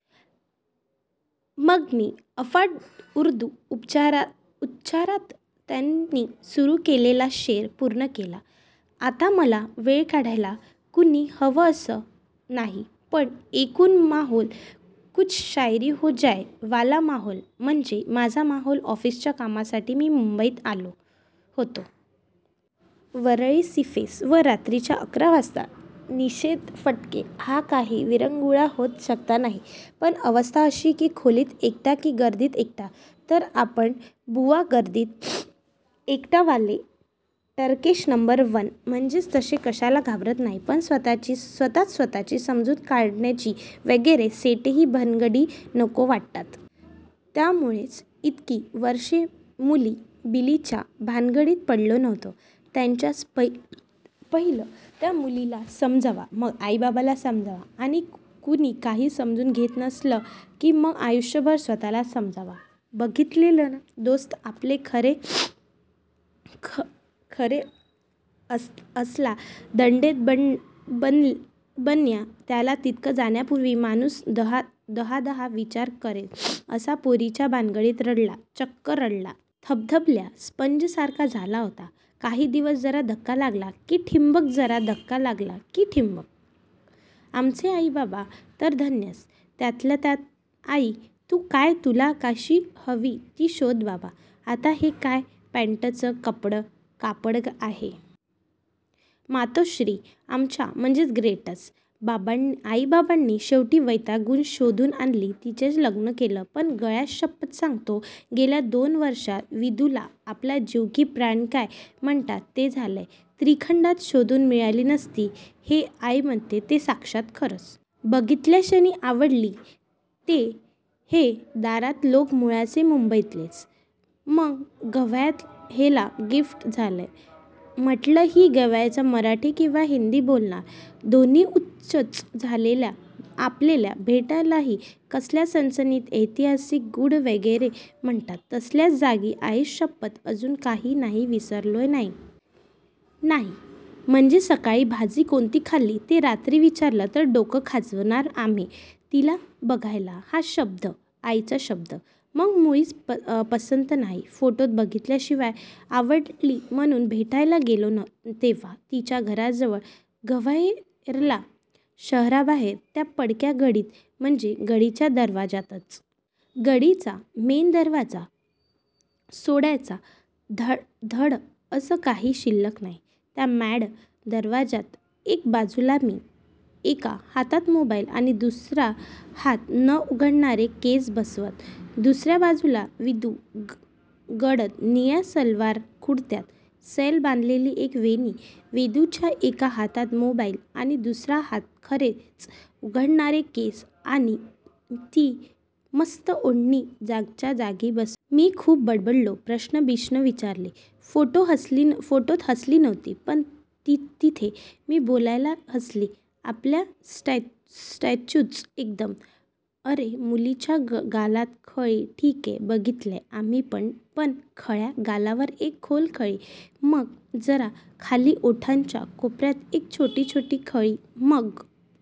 मी माझ्या अफाट उर्दू उच्चारात त्यांनी सुरू केलेला शेर पूर्ण केला. आता मला वेळ काढायला कुणी हवं होतं असं नाही पण एकूण माहोल "कुछ शायरी हो जाय " वाला. माहोल म्हणजे माझा माहोल ऑफिसच्या कामासाठी मी मुंबईत होतो. वरळी सीफेस वर रात्रीच्या अकरा वाजता निरुद्देश भटकणे हा काही विरंगुळा होऊ शकत नाही पण अवस्थाच अशी की खोलीत एकटा की गर्दीत एकटा? तर आपण बुवा गर्दीत एकटा वाले. टरकेश नंबर वन. म्हणजे तसे कशालाच घाबरत नाही पण स्वत:च स्वत:ची समजूत काढायची, वगैरे सेंटी भानगडी नको वाटतात. त्यामुळेच तर इतकी वर्षं मुली-बिलीच्या भानगडीत पडलो नव्हतो. च्यायला पहिलं त्या मुलीला समजवा, मग आई-बापाला समजवा आणि कुणी काही समजून घेत नसलं की मग आयुष्यभर स्वत:ला समजवा. बघितलेयत ना दोस्त आपले. अरे, असला दंडेल बन्या, त्याला तिरकं जाण्यापूर्वी माणूस दहादा विचार करेल, असला पोरीच्या भानगडीत रडला, चक्क रडला! थबथबलेल्या स्पंजसारखा झाला होता काही दिवस. जरा धक्का लागला की ठिबक, जरा धक्का लागला की ठिबक! आमचे आई-बाबा तरी धन्यच. त्यातल्या त्यात आई 'तू काय तुला कशी हवी ती शोध बाबा'. आता हे काय पँटचं कापड आहे? मातोश्री आमच्या म्हणजे ग्रेटच. आई-बाबांनी शेवटी वैतागून शोधून आणली तिच्याशी लग्न केलं. पण गळ्याशप्पथ सांगतो, गेल्या दोनच वर्षांत विदुला, आपला जीव की प्राण का काय म्हणतात ते झालीये. त्रिखंडात शोधून मिळाली नसती, हे आई म्हणते ते साक्षात खरंय. बघितल्याक्षणी आवडली. हे दातार लोक मुळचे मुंबईतलेच मग ग्वाल्हेरला शिफ़्ट झाले. म्हटलं ही ग्वाल्हेरचं मराठी किंवा हिंदी बोलणार, दोन्ही उच्चच आपल्याला. भेटलोही कसल्या सणसणीत ऐतिहासिक, गूढ वगैरे म्हणतात तसल्या जागी. आईशप्पथ, अजून, काही काही विसरलो नाहीये. नाही म्हणजे सकाळी भाजी कोणती खाल्ली ते रात्री विचारलं तर डोकं खाजवणार आम्ही. तिला "बघायला" हा आईचा शब्द, मला मुळीच पसंत नाही- फोटोत बघितल्याक्षणी आवडली म्हणून "भेटायला" गेलो तेव्हा. तिच्या घराजवळ ग्वाल्हेरला शहराबाहेर त्या पडक्या गढीत, म्हणजे गढीच्या दरवाजातच. गढीचा मेन दरवाजा सोडल्यास धड असं काही शिल्लक नाही. त्या मॅड दरवाजात एका बाजूला मी, एका हातात मोबाईल आणि दुसरा हात न उडणारे केस बसवत. दुसर्या बाजूला विदू, गडद निळ्या सलवार कुरत्यात. सैल बांधलेली एकच वेणी, विदूच्याही एका हातात मोबाईल आणि दुसरा हात खरेच उडणारे केस आणि ती मस्तं ओढणी जागच्या जागी बसवत. मीच खूप बडबडलो, प्रश्न-बिश्नं विचारले. फोटोत हसली नव्हती, पण तिथे मी बोलताना हसली. आपला स्टॅच्यूच एकदम. अरे मुलीच्या गालाला खळी ठीकय, बघितलीये, आम्हीपण. पण खळ्या? गालावर एक खोल खळी, मग जरा खाली ओठांच्या कोपर्यात वर थोडी छोटी खळी, मग--